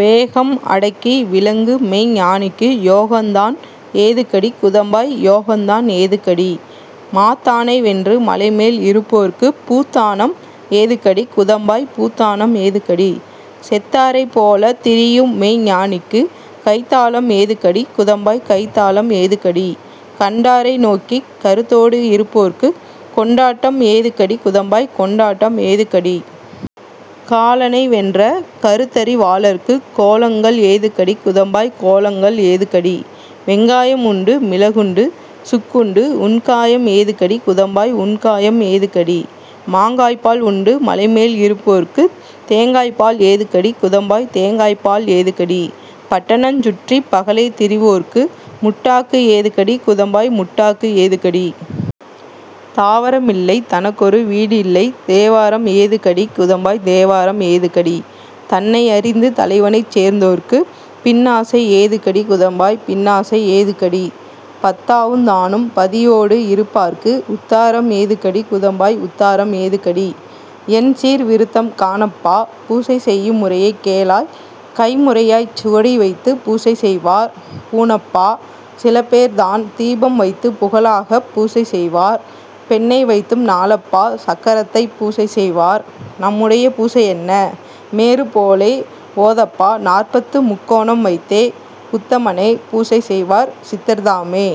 வேகம் அடக்கி விளங்குமெய்ஞ் ஞானிக்கு யோகந்தான் ஏதுக்கடி குதம்பாய் யோகந்தான் ஏதுக்கடி? மாத்தானை வென்று மலைமேல் இருப்போர்க்குப் பூத்தானம் ஏதுக்கடி குதம்பாய் பூத்தானம் ஏதுக்கடி? செத்தாரைப் போலத் திரியுமெய்ஞ் ஞானிக்கு கைத்தாளம் ஏதுக்கடி குதம்பாய் கைத்தாளம் ஏதுக்கடி? கண்டாரை நோக்கிக் கருத்தோடு இருப்போர்க்குக் கொண்டாட்டம் ஏதுக்கடி குதம்பாய் கொண்டாட்டம் ஏதுக்கடி? காலனை வென்ற கருத்தறி வாளர்க்குக் கோலங்கள் ஏதுக்கடி குதம்பாய் கோலங்கள் ஏதுக்கடி? வெங்காயம் உண்டு மிளகுண்டு சுக்குண்டு உண்காயம் ஏதுக்கடி குதம்பாய் உண்காயம் ஏதுக்கடி? மாங்காய்ப்பால் உண்டு மலைமேல் இருப்போர்க்குத் தேங்காய்ப்பால் ஏதுக்கடி குதம்பாய் தேங்காய்ப்பால் ஏதுக்கடி? பட்டணஞ் சுற்றிப் பகலே திரிவோர்க்கு முட்டாக்கு ஏதுக்கடி குதம்பாய் முட்டாக்கு ஏதுக்கடி? தாவரமில்லை தனக்கொரு வீடில்லை தேவாரம் ஏதுக்கடி குதம்பாய் தேவாரம் ஏதுக்கடி? தன்னை அறிந்து தலைவனைச் சேர்ந்தோர்க்குப் பின்னாசை ஏதுக்கடி குதம்பாய் பின்னாசை ஏதுக்கடி? பத்தாவுந் தானும் பதியோடு இருப்பார்க்கு உத்தாரம் ஏதுக்கடி குதம்பாய் உத்தாரம் ஏதுக்கடி? எண்சீர் விருத்தம் காணப்பா பூசைசெய்யும் முறையைக் கேளாய் கைம்முறையாய்ச் சுவடிவைத்துப் பூசை செய்வார் பூணப்பா சிலபேர்தான் தீபம் வைத்துப் புகழாகப் பூசை செய்வார் பெண்ணை வைத்தும் நாளப்பா சக்கரத்தைப் பூசை செய்வார் நம்முடைய பூசையென்ன மேருப் போலே ஓதப்பா நாற்பத்துமுக் கோணம் வைத்தே உத்தமனே பூசை செய்வார் சித்தர்தாமே.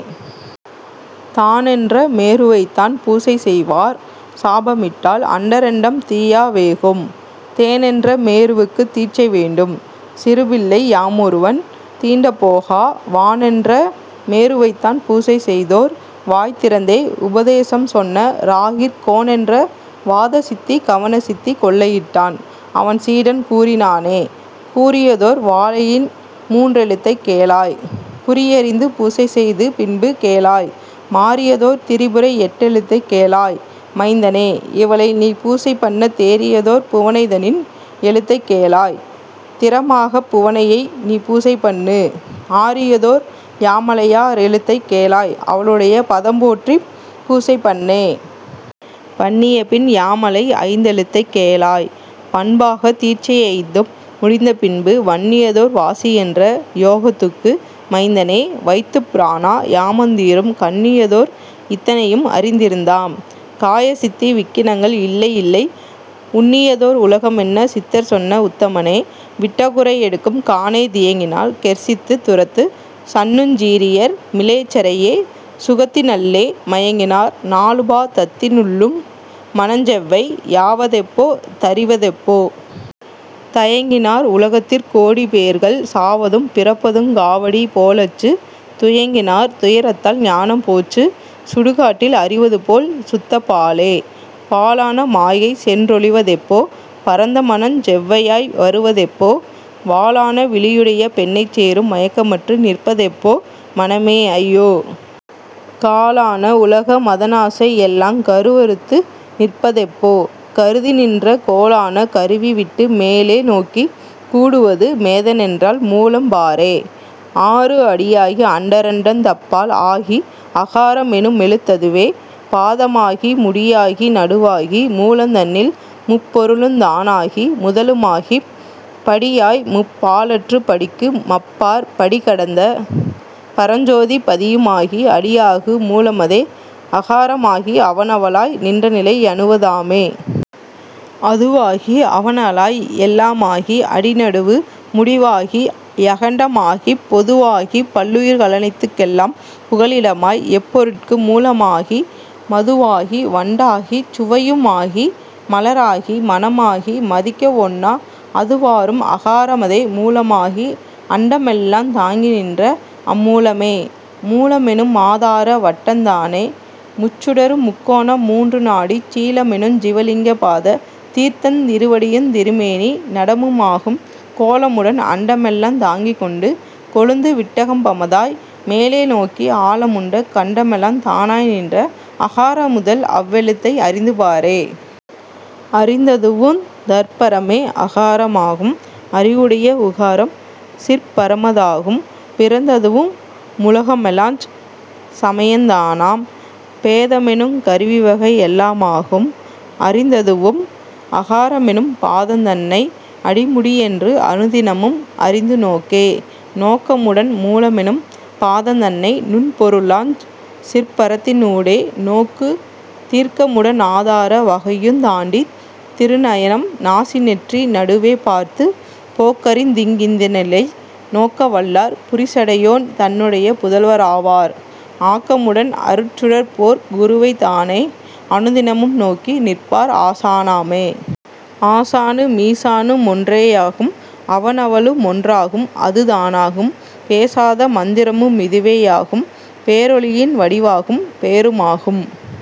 தானென்ற மேருவைத்தான் பூசை செய்வார் சாபமிட்டால் அண்டரண்டம் தீயா வேகும் தேனென்ற மேருவுக்குத் தீட்சை வேண்டும் சிறுபிள்ளை யாமொருவன் தீண்டப்போகா வானென்ற மேருவைத்தான் பூசை செய்தோர் வாய்திறந்தே உபதேசம் சொன்ன ராகிற் கோனென்ற வாதசித்தி கவன சித்தி கொள்ளையிட்டான் அவன் சீடன் கூறினானே. கூறியதோர் வாலையின்மூன் றெழுத்தைக் கேளாய் குறியறிந்து பூசை செய்து பின்பு கேளாய் மாறியதோர் திரிபுரையெட் டெழுத்தைக் கேளாய் மைந்தனே இவளை நீபூசை பண்ணத் தேறியதோர் புவனைதனின் எழுத்தைக் கேளாய் திறமாகப் புவனையைநீ பூசை பண்ணு ஆறியதோர் யாமளையா றெழுத்தை கேளாய் அவளுடைய பதம் போற்றிப் பூசைபண்ணே. பண்ணியபின் யாமளைஐந் தெழுத்தைக் கேளாய் பண்பாகத் தீட்சையைந்தும் முடிந்த பின்பு வண்ணியதோர் வாசியென்ற யோகத் துக்கு மைந்தனே வைத்துப்ராணா யாமந் தீரும் கண்ணியதோர் இத்தனையும் அறிந்தி ருந்தாம் காயசித்தி விக்கினங்கள் இல்லை யில்லை உண்ணியதோர் உலகமென்ன சித்தர் சொன்ன உத்தமனே விட்டகுறை எடுக்கும் காணே தியங்கினால் கெர்சித்துத் துரத்துச் சண்ணுஞ் சீறியர் மிலேச்சரையே சுகத்தினள்ளே மயங்கினார் நாலுபா தத்தி னுள்ளும் மனஞ்செவ்வை யாவதெப்போ தறிவதெப்போ? தயங்கினார் உலகத்திற் கோடி பேர்கள் சாவதும் பிறப்பதுங்கா வடிபோ லாச்சு துயங்கினார் துயரத்தால் ஞானம் போச்சு சுடுகாட்டில் அறிவதுபோல் சுத்தப் பாழே. பாழான மாய்கைசென்றொழிவ தெப்போ? பரந்தமனஞ் செவ்வையாய் வருவ தெப்போ? வாளான விழியுடைய பெண்ணைச் சேரும் மயக்கமற்று நிற்பதெப்போ? மனமே ஐயோ? காழான உலகமத னாசை யெல்லாங் கருவறுத்து நிற்பதெப்போ? கருதி நின்ற கோளான கருவிவிட்டு மேலே நோக்கிக் கூடுவது மேதனென்றால் மூலம்பாரே. ஆறு அடியாகி அண்டரண்டத் தப்பால் ஆகி அகாரமெனுமெழுத்ததுவே பாதமாகி முடியாகி நடுவாகி மூலந் தன்னில் முப்பொருளுந் தானாகி முதலுமாகிப் படியாய்முப் பாழற்றுப் படிக்கு மப்பாற் படிகடந்த பரஞ்சோதிப் பதியுமாகி அடியாகு மூலமதே அகார மாகி அவனவளாய் நின்றநிலை யணுவ தாமே. அதுவாகி அவனளாய் எல்லா மாகி அடிநடுவு முடிவாகி யகண்ட மாகிப் பொதுவாகிப் பல்லுயிர்க ளனைத்துக் கெல்லாம் புகலிடமாய் எப்பொருட்கு மூலமாகி மதுவாகி வண்டாகிச் சுவையு மாகி மலராகி மணமாகி மதிக்க வொண்ணா அதுவாரும் அகாரமதே மூலமாகி அண்டமெல்லாந் தாங்கிநின்ற அம்மூலமே. மூலமெனு மாதார வட்டந் தானே முச்சுடரு முக்கோண மூன்று நாடிச் சீலமெனுஞ் சிவலிங்க பாத தீர்த்தந் திருவடியுந் திருமேனி நடமுமாகும் கோலமுடன் அன்ட மெல்லாந் தாங்கிக்கொண்டு கொழுந்து விட்டகம்பமதாய் மேலேநோக்கி ஆலமுண்ட கண்டமெலாந் தானாய் நின்ற அகாரமுதல் அவ்வெழுத்தை அறிந்துபாரே. அரிந்ததுவுந் தற்பரமே அகார மாகும் அறிவுடைய உகாரம்சிற் பரம தாகும் பிறந்ததுவு முலகமெலாஞ் சமயந் தானாம் பேதமெனுங் கருவிவகை யெல்லா மாகும் அறிந்ததுவும் அகாரமெனும் பாதந் தன்னை அடிமுடியென்று அனுதினமும் அறிந்து நோக்கே. நோக்கமுடன் மூலமெனும் பாதந் தன்னை நுண்பொருளாஞ் சிற்பரத்தினூடே நோக்கு தீர்க்கமுட னாதார வகையுந் தாண்டித் திருநயனம் நாசிநெற்றி நடுவே பார்த்துப் போக்கறிந்திங் கிந்தநிலை நோக்க வல்லார் புரிசடையோன் தன்னுடைய புதல்வ ராவார் ஆக்கமுடன் அருட்சுடர்போற் குருவைத் தானே அனுதினமும் நோக்கி நிற்பார் ஆசானாமே. ஆசானு மீசானு மொன்றே யாகும் அவனவளு மொன்றாகும் அது தானாகும் பேசாத மந்திரமு மிதுவே யாகும் பேரொளியின் வடிவாகும் பேரு மாகும்